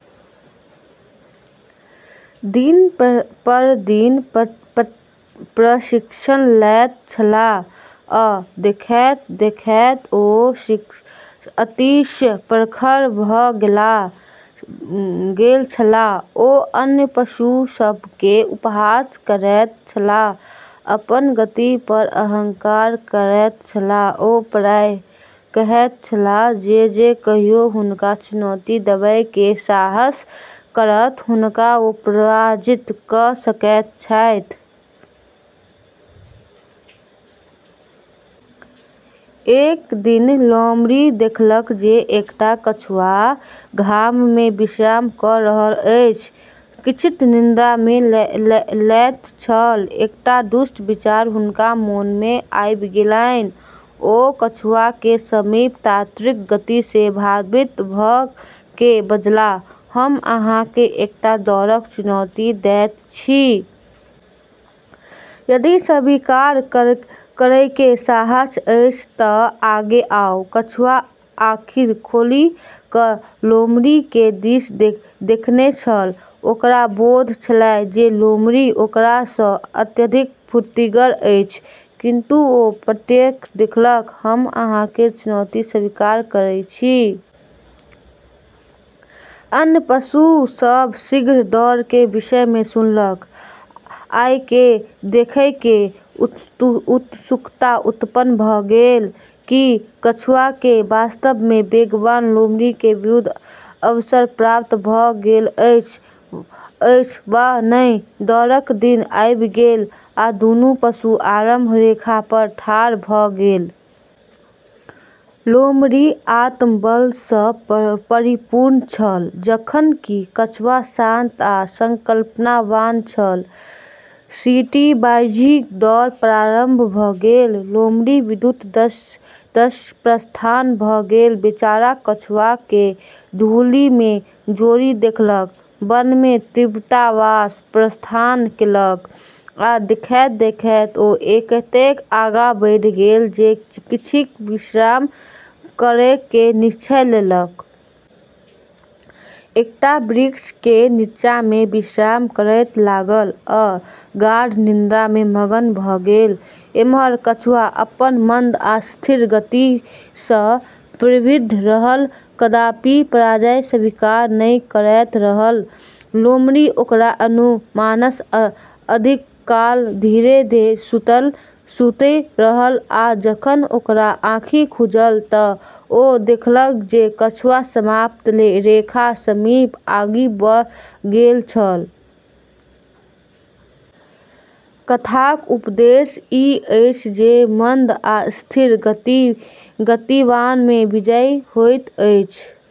दिन पर दिन प्रशिक्षण लैत छलाह आ देखैत-देखैत ओ अतिशय प्रखर भऽ गेल छलाह। ओ अन्य पशु सभ केँ उपहास करैत छल आ अपन गति पर अहंकार करैत छल। ओ प्रायः कहैत छलाह जे जे कोयो हुनका चुनौती देबय के साहस करत हुनका पराजित कऽ सकैत छथि। एक दिन लोमड़ी देखलक जे एकटा कछुआ घाममे विश्राम कऽ रहल अछि, किंचित निद्रा लैत छल। एकटा दुष्ट विचार हुनका मन में आबि गेलनि। ओ कछुआ के समीप त्वरित गति सँ धावित भऽ कऽ बजलाह, "हम अहाँ केँ एकटा दौड़क चुनौती दैत छी। यदि स्वीकार करयके साहस अछि तँ आगे आउ।" कछुआ आँखि खोलि कऽ लोमड़ी के दिश देखने छल। ओकरा बोध छलै जे लोमड़ी ओकरा सँ अत्यधिक फुर्तिगर अछि, किंतु ओ प्रत्युत्तर देलक, "हम अहाँ के चुनौती स्वीकार करैत छी।" अन्य पशु सब शीघ्रे दौड़ के विषयमे सुनलकै आ ई देखयके उत्सुकता उत्पन्न भऽ गेलै कि कछुआके वास्तवमे वेगवान लोमड़ी के विरुद्ध अवसर प्राप्त भेल अछि वा नहि। दौड़क दिन आबि गेल आ दुनू पशु आरंभ रेखा पर ठाढ़ भऽ गेल। लोमड़ी आत्मबल सँ परिपूर्ण छल, जखन कि कछुआ शांत आ संकल्पवान छल। सीटी बजितहिं दौड़ प्रारंभ भऽ गेल। लोमड़ी विद्युत सदृश प्रस्थान क' गेल, बेचारा कछुआ केँ धूलि में छोड़ि देलक। वनमे तीव्रतासँ प्रस्थान केलक, आ देखैत-देखैत ओ एतेक आगाँ बढ़ि गेल जे किंचित विश्राम करयके निश्चय केलक। एकटा वृक्ष के नीचाँमे विश्राम करय लागल आ गाढ़ निद्रा में मग्न भऽ गेल। एम्हर कछुआ अपन मंद आ स्थिर गति सँ प्रवृत्त रहल, कदापि पराजय स्वीकार नहि करैत रहल। लोमड़ी ओकरा अनुमानसँ अधिक काल धरि सूति रहल आ जखन ओकरा आँखि खुजल तँ ओ देखलक जे कछुआ समाप्ति रेखाक समीप आबि गेल छल। कथाक उपदेश ई अछि जे मंद आ स्थिर गतिवाने विजयी होइत अछि।